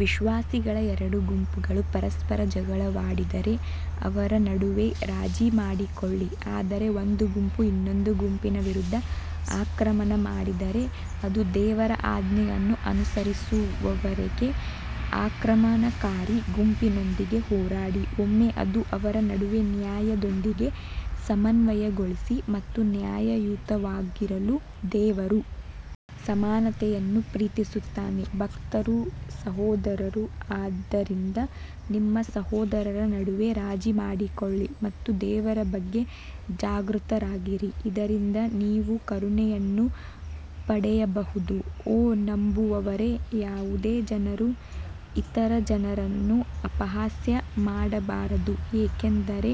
ವಿಶ್ವಾಸಿಗಳ ಎರಡು ಗುಂಪುಗಳು ಪರಸ್ಪರ ಜಗಳವಾಡಿದರೆ ಅವರ ನಡುವೆ ರಾಜಿ ಮಾಡಿಕೊಳ್ಳಿ ಆದರೆ ಒಂದು ಗುಂಪು ಇನ್ನೊಂದು ಗುಂಪಿನ ವಿರುದ್ಧ ಆಕ್ರಮಣ ಮಾಡಿದರೆ ಅದು ದೇವರ ಆಜ್ಞೆಯನ್ನು ಅನುಸರಿಸುವವರೆಗೆ ಆಕ್ರಮಣಕಾರಿ ಗುಂಪಿನೊಂದಿಗೆ ಹೋರಾಡಿ ಒಮ್ಮೆ ಅದು ಅವರ ನಡುವೆ ನ್ಯಾಯದೊಂದಿಗೆ ಸಮನ್ವಯಗೊಳಿಸಿ ಮತ್ತು ನ್ಯಾಯಯುತವಾಗಿರಲು ದೇವರು ಸಮಾನತೆಯನ್ನು ಪ್ರೀತಿಸುತ್ತಾನೆ ಭಕ್ತರು ಸಹೋದರರು ಆದ್ದರಿಂದ ನಿಮ್ಮ ಸಹೋದರರ ನಡುವೆ ರಾಜಿ ಮಾಡಿಕೊಳ್ಳಿ ಮತ್ತು ದೇವರ ಬಗ್ಗೆ ಜಾಗೃತರಾಗಿರಿ ಇದರಿಂದ ನೀವು ಕರುಣೆಯನ್ನು ಪಡೆಯಬಹುದು ಓ ನಂಬುವವರೇ, ಯಾವುದೇ ಜನರು ಇತರ ಜನರನ್ನು ಅಪಹಾಸ್ಯ ಮಾಡಬಾರದು ಏಕೆಂದರೆ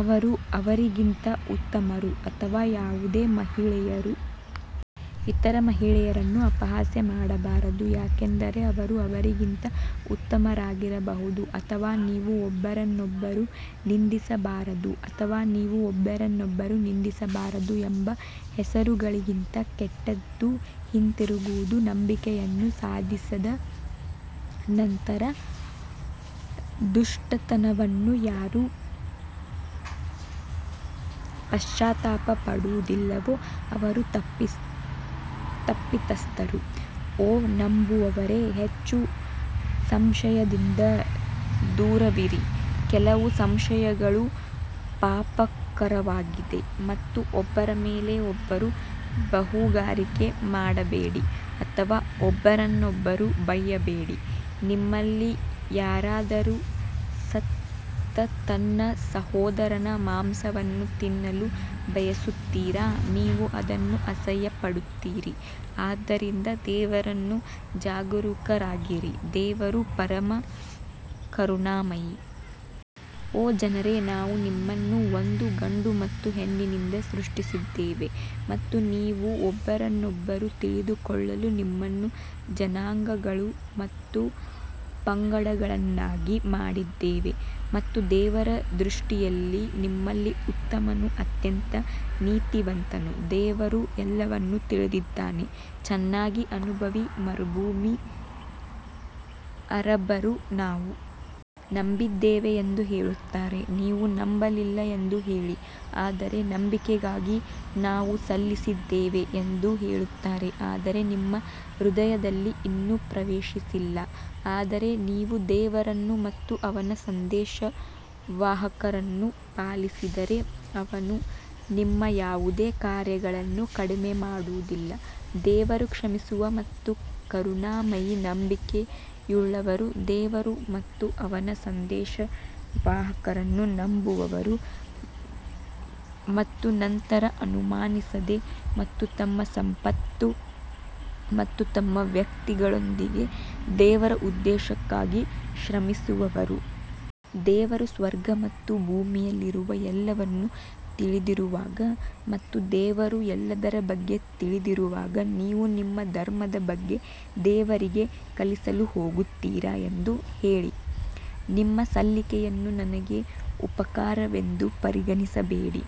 ಅವರು ಅವರಿಗಿಂತ ಉತ್ತಮರು ಅಥವಾ ಯಾವುದೇ ಮಹಿಳೆಯರು ಇತರ ಮಹಿಳೆಯರನ್ನು ಅಪಹಾಸ್ಯ ಮಾಡಬಾರದು ಏಕೆಂದರೆ ಅವರು ಅವರಿಗಿಂತ ಉತ್ತಮರಾಗಿರಬಹುದು ಅಥವಾ ನೀವು ಒಬ್ಬರನ್ನೊಬ್ಬರು ನಿಂದಿಸಬಾರದು ಅಥವಾ ನೀವು ಒಬ್ಬರನ್ನೊಬ್ಬರು ನಿಂದಿಸಬಾರದು ಎಂಬ ಹೆಸರುಗಳಿಂದ ಕೆಟ್ಟದು ಹಿಂತಿರುಗುವುದು ನಂಬಿಕೆಯನ್ನು ಸಾಧಿಸಿದ ನಂತರ ದುಷ್ಟತನವನ್ನು ಯಾರು ಪಶ್ಚಾತ್ತಾಪ ಪಡುವುದಿಲ್ಲವೋ ಅವರು ತಪ್ಪಿತಸ್ಥರು ಓ ನಂಬುವವರೇ ಹೆಚ್ಚು ಸಂಶಯದಿಂದ ದೂರವಿರಿ ಕೆಲವು ಸಂಶಯಗಳು ಪಾಪಕರವಾಗಿದೆ ಮತ್ತು ಒಬ್ಬರ ಮೇಲೆ ಒಬ್ಬರು ಬೇಹುಗಾರಿಕೆ ಮಾಡಬೇಡಿ ಅಥವಾ ಒಬ್ಬರನ್ನೊಬ್ಬರು ಬೈಯಬೇಡಿ ನಿಮ್ಮಲ್ಲಿ ಯಾರಾದರೂ ಸತ್ತ ತನ್ನ ಸಹೋದರನ ಮಾಂಸವನ್ನು ತಿನ್ನಲು ಬಯಸುತ್ತೀರಾ ನೀವು ಅದನ್ನು ಅಸಹ್ಯಪಡುತ್ತೀರಿ ಆದ್ದರಿಂದ ದೇವರನ್ನು ಜಾಗರೂಕರಾಗಿರಿ ದೇವರು ಪರಮ ಕರುಣಾಮಯಿ. ಓ ಜನರೇ ನಾವು ನಿಮ್ಮನ್ನು ಒಂದು ಗಂಡು ಮತ್ತು ಹೆಣ್ಣಿನಿಂದ ಸೃಷ್ಟಿಸಿದ್ದೇವೆ ಮತ್ತು ನೀವು ಒಬ್ಬರನ್ನೊಬ್ಬರು ತಿಳಿದುಕೊಳ್ಳಲು ನಿಮ್ಮನ್ನು ಜನಾಂಗಗಳು ಮತ್ತು ಪಂಗಡಗಳನ್ನಾಗಿ ಮಾಡಿದ್ದೇವೆ ಮತ್ತು ದೇವರ ದೃಷ್ಟಿಯಲ್ಲಿ ನಿಮ್ಮಲ್ಲಿ ಉತ್ತಮನು ಅತ್ಯಂತ ನೀತಿವಂತನು ದೇವರು ಎಲ್ಲವನ್ನೂ ತಿಳಿದಿದ್ದಾನೆ ಚೆನ್ನಾಗಿ ಅನುಭವಿ ಮರುಭೂಮಿ ಅರಬ್ಬರು ನಾವು ನಂಬಿದ್ದೇವೆ ಎಂದು ಹೇಳುತ್ತಾರೆ ನೀವು ನಂಬಲಿಲ್ಲ ಎಂದು ಹೇಳಿ ಆದರೆ ನಂಬಿಕೆಗಾಗಿ ನಾವು ಸಲ್ಲಿಸಿದ್ದೇವೆ ಎಂದು ಹೇಳುತ್ತಾರೆ ಆದರೆ ನಿಮ್ಮ ಹೃದಯದಲ್ಲಿ ಇನ್ನೂ ಪ್ರವೇಶಿಸಿಲ್ಲ ಆದರೆ ನೀವು ದೇವರನ್ನು ಮತ್ತು ಅವನ ಸಂದೇಶವಾಹಕರನ್ನು ಪಾಲಿಸಿದರೆ ಅವನು ನಿಮ್ಮ ಯಾವುದೇ ಕಾರ್ಯಗಳನ್ನು ಕಡಿಮೆ ಮಾಡುವುದಿಲ್ಲ ದೇವರು ಕ್ಷಮಿಸುವ ಮತ್ತು ಕರುಣಾಮಯಿ ನಂಬಿಕೆಯುಳ್ಳವರು ದೇವರು ಮತ್ತು ಅವನ ಸಂದೇಶವಾಹಕರನ್ನು ನಂಬುವವರು ಮತ್ತು ನಂತರ ಅನುಮಾನಿಸದೆ ಮತ್ತು ತಮ್ಮ ಸಂಪತ್ತು ಮತ್ತು ತಮ್ಮ ವ್ಯಕ್ತಿಗಳೊಂದಿಗೆ ದೇವರ ಉದ್ದೇಶಕ್ಕಾಗಿ ಶ್ರಮಿಸುವವರು. ದೇವರು ಸ್ವರ್ಗ ಮತ್ತು ಭೂಮಿಯಲ್ಲಿರುವ ಎಲ್ಲವನ್ನೂ ತಿಳಿದಿರುವಾಗ ಮತ್ತು ದೇವರು ಎಲ್ಲದರ ಬಗ್ಗೆ ತಿಳಿದಿರುವಾಗ ನೀವು ನಿಮ್ಮ ಧರ್ಮದ ಬಗ್ಗೆ ದೇವರಿಗೆ ಕಲಿಸಲು ಹೋಗುತ್ತೀರಾ ಎಂದು ಹೇಳಿ. ನಿಮ್ಮ ಸಲ್ಲಿಕೆಯನ್ನು ನನಗೆ ಉಪಕಾರವೆಂದು ಪರಿಗಣಿಸಬೇಡಿ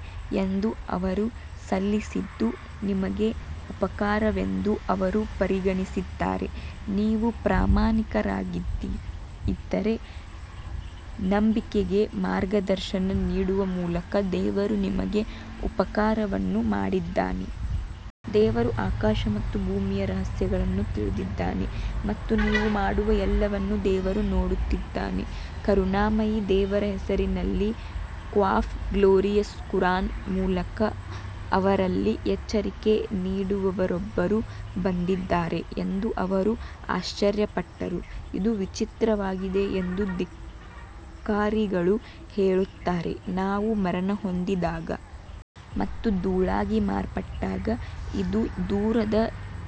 ಎಂದು ಅವರು ಸಲ್ಲಿಸಿದ್ದು ನಿಮಗೆ ಉಪಕಾರವೆಂದು ಅವರು ಪರಿಗಣಿಸಿದ್ದಾರೆ, ನೀವು ಪ್ರಾಮಾಣಿಕರಾಗಿದ್ದರೆ ನಂಬಿಕೆಗೆ ಮಾರ್ಗದರ್ಶನ ನೀಡುವ ಮೂಲಕ ದೇವರು ನಿಮಗೆ ಉಪಕಾರವನ್ನು ಮಾಡಿದ್ದಾನೆ. ದೇವರು ಆಕಾಶ ಮತ್ತು ಭೂಮಿಯ ರಹಸ್ಯಗಳನ್ನು ತಿಳಿದಿದ್ದಾನೆ ಮತ್ತು ನೀವು ಮಾಡುವ ಎಲ್ಲವನ್ನೂ ದೇವರು ನೋಡುತ್ತಿದ್ದಾನೆ ಕರುಣಾಮಯಿ ದೇವರ ಹೆಸರಿನಲ್ಲಿ ಕ್ವಾಫ್ ಗ್ಲೋರಿಯಸ್ ಕುರಾನ್ ಮೂಲಕ ಅವರಲ್ಲಿ ಎಚ್ಚರಿಕೆ ನೀಡುವವರೊಬ್ಬರು ಬಂದಿದ್ದಾರೆ ಎಂದು ಅವರು ಆಶ್ಚರ್ಯಪಟ್ಟರು, ಇದು ವಿಚಿತ್ರವಾಗಿದೆ ಎಂದು ಧಿಕ್ಕಾರಿಗಳು ಹೇಳುತ್ತಾರೆ ನಾವು ಮರಣಹೊಂದಿದಾಗ ಮತ್ತು ಧೂಳಾಗಿ ಮಾರ್ಪಟ್ಟಾಗ ಇದು ದೂರದ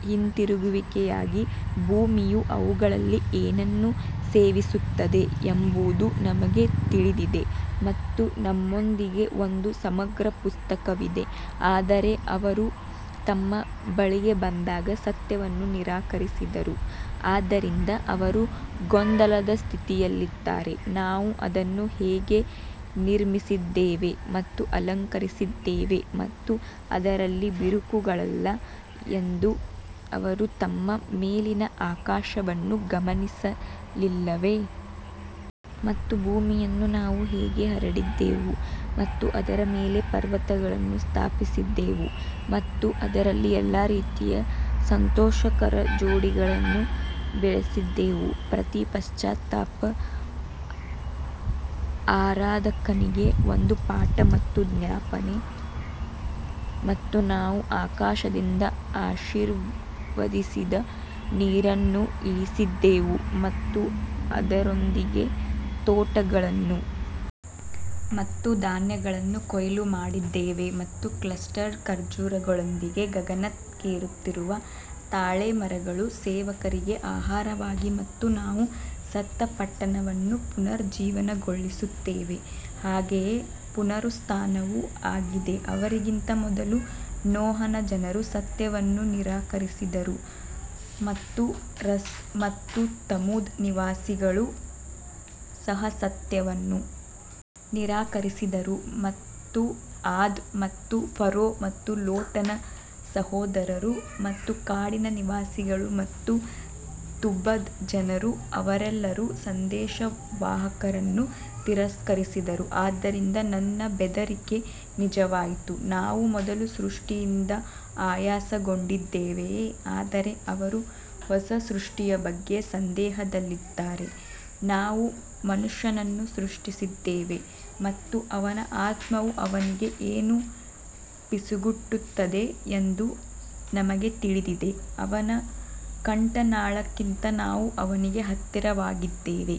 ಹಿಂತಿರುಗುವಿಕೆಯಾಗಿದೆ ಭೂಮಿಯು ಅವುಗಳಲ್ಲಿ ಏನನ್ನು ಸೇವಿಸುತ್ತದೆ ಎಂಬುದು ನಮಗೆ ತಿಳಿದಿದೆ ಮತ್ತು ನಮ್ಮೊಂದಿಗೆ ಒಂದು ಸಮಗ್ರ ಪುಸ್ತಕವಿದೆ ಆದರೆ ಅವರು ತಮ್ಮ ಬಳಿಗೆ ಬಂದಾಗ ಸತ್ಯವನ್ನು ನಿರಾಕರಿಸಿದರು, ಆದ್ದರಿಂದ ಅವರು ಗೊಂದಲದ ಸ್ಥಿತಿಯಲ್ಲಿದ್ದಾರೆ ನಾವು ಅದನ್ನು ಹೇಗೆ ನಿರ್ಮಿಸಿದ್ದೇವೆ ಮತ್ತು ಅಲಂಕರಿಸಿದ್ದೇವೆ ಮತ್ತು ಅದರಲ್ಲಿ ಬಿರುಕುಗಳಿಲ್ಲ ಎಂದು ಅವರು ತಮ್ಮ ಮೇಲಿನ ಆಕಾಶವನ್ನು ಗಮನಿಸಲಿಲ್ಲವೇ? ಮತ್ತು ಭೂಮಿಯನ್ನು ನಾವು ಹೇಗೆ ಹರಡಿದೆವು ಮತ್ತು ಅದರ ಮೇಲೆ ಪರ್ವತಗಳನ್ನು ಸ್ಥಾಪಿಸಿದೆವು ಮತ್ತು ಅದರಲ್ಲಿ ಎಲ್ಲಾ ರೀತಿಯ ಸಂತೋಷಕರ ಜೋಡಿಗಳನ್ನು ಬೆಳೆಸಿದೆವು ಪ್ರತಿ ಪಶ್ಚಾತ್ತಾಪ ಆರಾಧಕನಿಗೆ ಒಂದು ಪಾಠ ಮತ್ತು ಜ್ಞಾಪನೆ ಮತ್ತು ನಾವು ಆಕಾಶದಿಂದ ಆಶೀರ್ವದಿಸಿದ ನೀರನ್ನು ಇಳಿಸಿದೆವು ಮತ್ತು ಅದರೊಂದಿಗೆ ತೋಟಗಳನ್ನು ಮತ್ತು ಧಾನ್ಯಗಳನ್ನು ಕೊಯ್ಲು ಮಾಡಿದ್ದೇವೆ ಮತ್ತು ಕ್ಲಸ್ಟರ್ಡ್ ಖರ್ಜೂರಗಳೊಂದಿಗೆ ಗಗನಕ್ಕೇರುತ್ತಿರುವ ತಾಳೆ ಮರಗಳು ಸೇವಕರಿಗೆ ಆಹಾರವಾಗಿ ಮತ್ತು ನಾವು ಸತ್ತ ಪಟ್ಟಣವನ್ನು ಪುನರುಜ್ಜೀವನಗೊಳಿಸುತ್ತೇವೆ ಹಾಗೆಯೇ ಪುನರುತ್ಥಾನವೂ ಆಗಿದೆ ಅವರಿಗಿಂತ ಮೊದಲು ನೋಹನ ಜನರು ಸತ್ಯವನ್ನು ನಿರಾಕರಿಸಿದರು ಮತ್ತು ರಸ್ ಮತ್ತು ತಮೂದ್ ನಿವಾಸಿಗಳು ಸಹ ಸತ್ಯವನ್ನು ನಿರಾಕರಿಸಿದರು ಮತ್ತು ಆದ್ ಮತ್ತು ಫರೋ ಮತ್ತು ಲೋಟನ ಸಹೋದರರು ಮತ್ತು ಕಾಡಿನ ನಿವಾಸಿಗಳು ಮತ್ತು ತುಬ್ಬದ ಜನರು ಅವರೆಲ್ಲರೂ ಸಂದೇಶವಾಹಕರನ್ನು ತಿರಸ್ಕರಿಸಿದರು ಆದ್ದರಿಂದ ನನ್ನ ಬೆದರಿಕೆ ನಿಜವಾಯಿತು ನಾವು ಮೊದಲ ಸೃಷ್ಟಿಯಿಂದ ಆಯಾಸಗೊಂಡಿದ್ದೇವೆಯೇ ಆದರೆ ಅವರು ಹೊಸ ಸೃಷ್ಟಿಯ ಬಗ್ಗೆ ಸಂದೇಹದಲ್ಲಿದ್ದಾರೆ ನಾವು ಮನುಷ್ಯನನ್ನು ಸೃಷ್ಟಿಸಿದ್ದೇವೆ ಮತ್ತು ಅವನ ಆತ್ಮವು ಅವನಿಗೆ ಏನು ಪಿಸುಗುಟ್ಟುತ್ತದೆ ಎಂದು ನಮಗೆ ತಿಳಿದಿದೆ, ಅವನ ಕಂಠನಾಳಕ್ಕಿಂತ ನಾವು ಅವನಿಗೆ ಹತ್ತಿರವಾಗಿದ್ದೇವೆ.